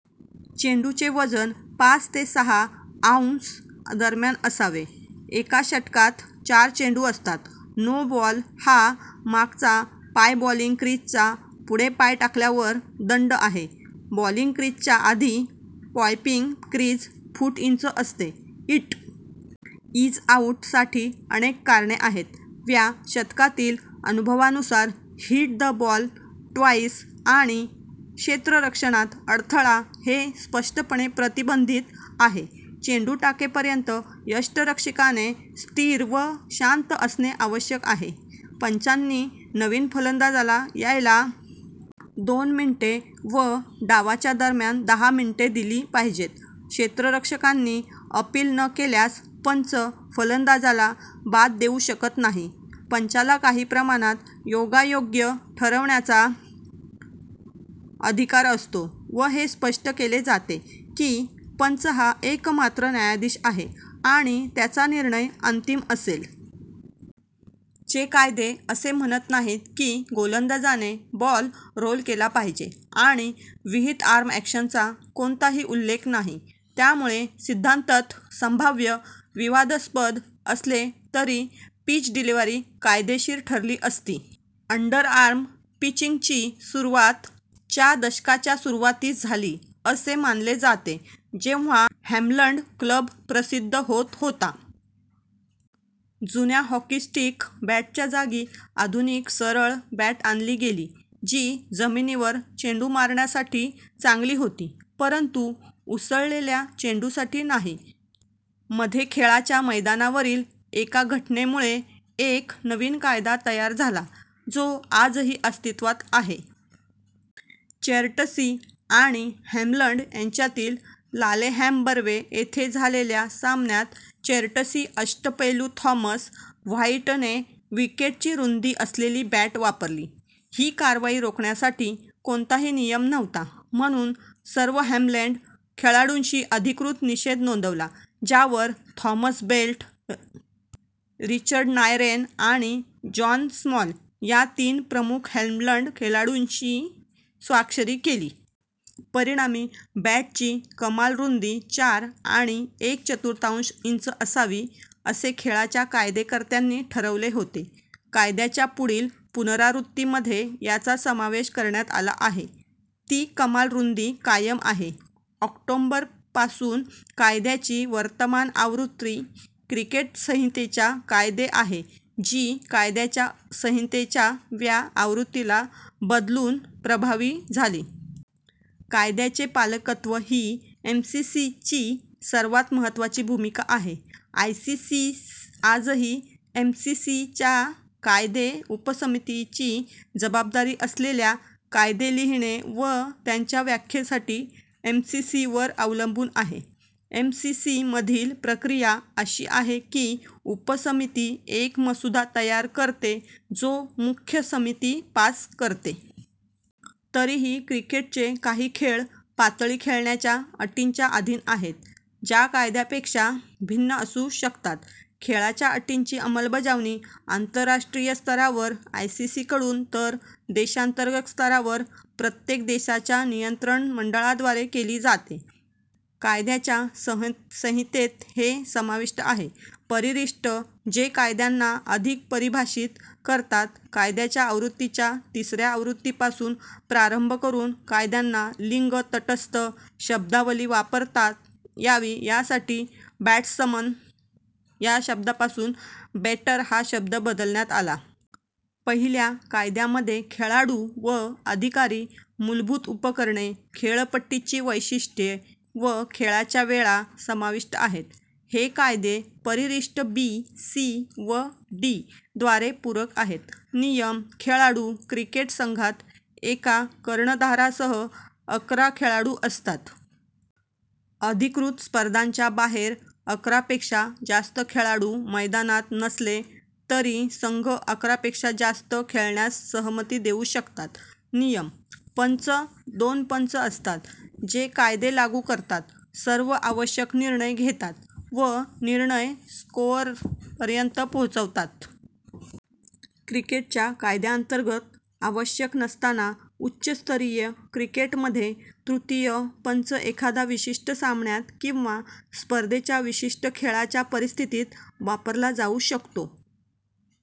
चेंडूचे वजन पाच ते सहा औंस दरम्यान असावे; एका षटकात चार चेंडू असतात; नो-बॉल हा मागचा पाय बॉलिंग क्रीझच्या पुढे पाय टाकल्यावर दंड आहे; बॉलिंग क्रीजच्या आधी पॉपिंग क्रीज फूट इंच असते; "इट इज आउट" साठी अनेक कारणे आहेत; व्या शतकातील अनुभवांनुसार हिट द बॉल ट्वाइस आणि क्षेत्ररक्षणात अडथळा हे स्पष्टपणे प्रतिबंधीत आहेत; चेंडू टाकेपर्यंत यष्टिरक्षकाने स्थिर व शांत असणे आवश्यक आहे; पंचांनी नवीन फलंदाजला यायला दोन मिनिटे व डावाच्या दरम्यान दहा मिनिटे दिली पाहिजेत; क्षेत्ररक्षकांनी अपील न केल्यास पंच फलंदाजाला बाद देऊ शकत नाहीत; पंचाला काही प्रमाणात योग्यायोग्य ठरवण्याचा अधिकार असतो व हे स्पष्ट केले जाते की पंच हा "एकमात्र न्यायाधीश" आहे आणि "त्याचा निर्णय अंतिम असेल". चे कायदे असे म्हणत नाहीत की गोलंदाजाने बॉल रोल केला पाहिजे आणि विहित आर्म ॲक्शनचा कोणताही उल्लेख नाही त्यामुळे, सिद्धांततः, संभाव्य विवादास्पद असले तरी पिच्ड डिलीव्हरी कायदेशीर ठरली असती. अंडरआर्म पिचिंगची सुरुवात च्या दशकाच्या सुरुवातीस झाली असे मानले जाते जेव्हा हॅम्बल्डन क्लब प्रसिद्ध होत होता. जुन्या "हॉकी स्टिक" बॅटच्या जागी आधुनिक सरळ बॅट आणली गेली जी जमिनीवर चेंडू मारण्यासाठी चांगली होती परंतु उसळलेल्या चेंडूसाठी नाही. मध्ये खेळाच्या मैदानावरील एका घटनेमुळे एक नवीन कायदा तयार झाला जो आजही अस्तित्त्वात आहे. चेर्टसी आणि हॅम्बल्डन यांच्यातील लालेहॅम बर्वे येथे झालेल्या सामन्यात चेर्टसी अष्टपैलू थॉमस व्हाईटने विकेटची रुंदी असलेली बॅट वापरली. ही कारवाई रोखण्यासाठी कोणताही नियम नव्हता आणि म्हणून सर्व हॅम्बल्डन खेळाडूंनी अधिकृत निषेध नोंदवला ज्यावर थॉमस ब्रेट, रिचर्ड नायरेन आणि जॉन स्मॉल या तीन प्रमुख हॅम्बल्डन खेळाडूंनी स्वाक्षरी केली. परिणामी, बॅटची कमाल रुंदी चार आणि एक चतुर्थांश इंच असावी, असे खेळाच्या कायदेकर्त्यांनी ठरवले होते; कायद्याच्या पुढील पुनरावृत्तीमध्ये याचा समावेश करण्यात आला आहे व ती कमाल रुंदी कायम आहे. ऑक्टोबर पासून कायद्याची वर्तमान आवृत्ती "क्रिकेट संहितेचे कायदे" आहे, जी " कायद्याच्या संहितेच्या" व्या आवृत्तीला बदलून प्रभावी झाली. कायद्यांचे पालकत्त्व ही एमसीसी ची सर्वात महत्वाची भूमिका आहे. आयसीसी आजही एमसीसी च्या कायदे उपसमितीची जबाबदारी असलेल्या कायदे लिहिणे व त्यांच्या व्याख्येसाठी एमसीसी वर अवलंबून आहे. एमसीसी मधील प्रक्रिया अशी आहे की उपसमिती एक मसुदा तयार करते जो मुख्य समिती पास करते. तरीही क्रिकेटचे काही खेळ पातळी खेळण्याच्या अटींच्या अधीन आहेत ज्या कायद्यांपेक्षा भिन्न असू शकतात. खेळण्याच्या अटींची अंमलबजावणी आंतरराष्ट्रीय स्तरावर आयसीसीकडून तर देशांतर्गत स्तरावर प्रत्येक देशाच्या नियंत्रण मंडळाद्वारे केली जाते. कायद्याच्या संहितेत हे समाविष्ट आहे: परिशिष्ट, जे कायद्यांना अधिक परिभाषित करतात; कायद्यांच्या आवृत्तीच्या तिसऱ्या आवृत्तीपासून प्रारंभ करून कायद्यांना लिंग-तटस्थ शब्दावली वापरता यावी यासाठी "बॅट्समन " या शब्दापासून "बॅटर" हा शब्द बदलण्यात आला. पहिल्या कायद्यांमध्ये खेळाडू व अधिकारी, मूलभूत उपकरणे, खेळपट्टीची वैशिष्ट्ये व खेळाच्या वेळा समाविष्ट आहेत. हे कायदे परिशिष्ट बी, सी व डी द्वारे पूरक आहेत. नियम: खेळाडू. क्रिकेट संघात एका कर्णधारासह अकरा खेळाडू असतात. अधिकृत स्पर्धांच्या बाहेर अकरापेक्षा जास्त खेळाडू मैदानात नसले तरी संघ अकरा पेक्षा जास्त खेळण्यास सहमती देऊ शकतात. नियम: पंच. दोन पंच असतात, जे कायदे लागू करतात, सर्व आवश्यक निर्णय घेतात व निर्णय स्कोअरर्सपर्यंत पोहोचवतात. क्रिकेटच्या कायद्यांतर्गत आवश्यक नसताना उच्चस्तरीय क्रिकेटमध्ये तृतीय पंच एखाद्या विशिष्ट सामन्याच्या किंवा स्पर्धेच्या विशिष्ट खेळाच्या परिस्थितीत वापरला जाऊ शकतो.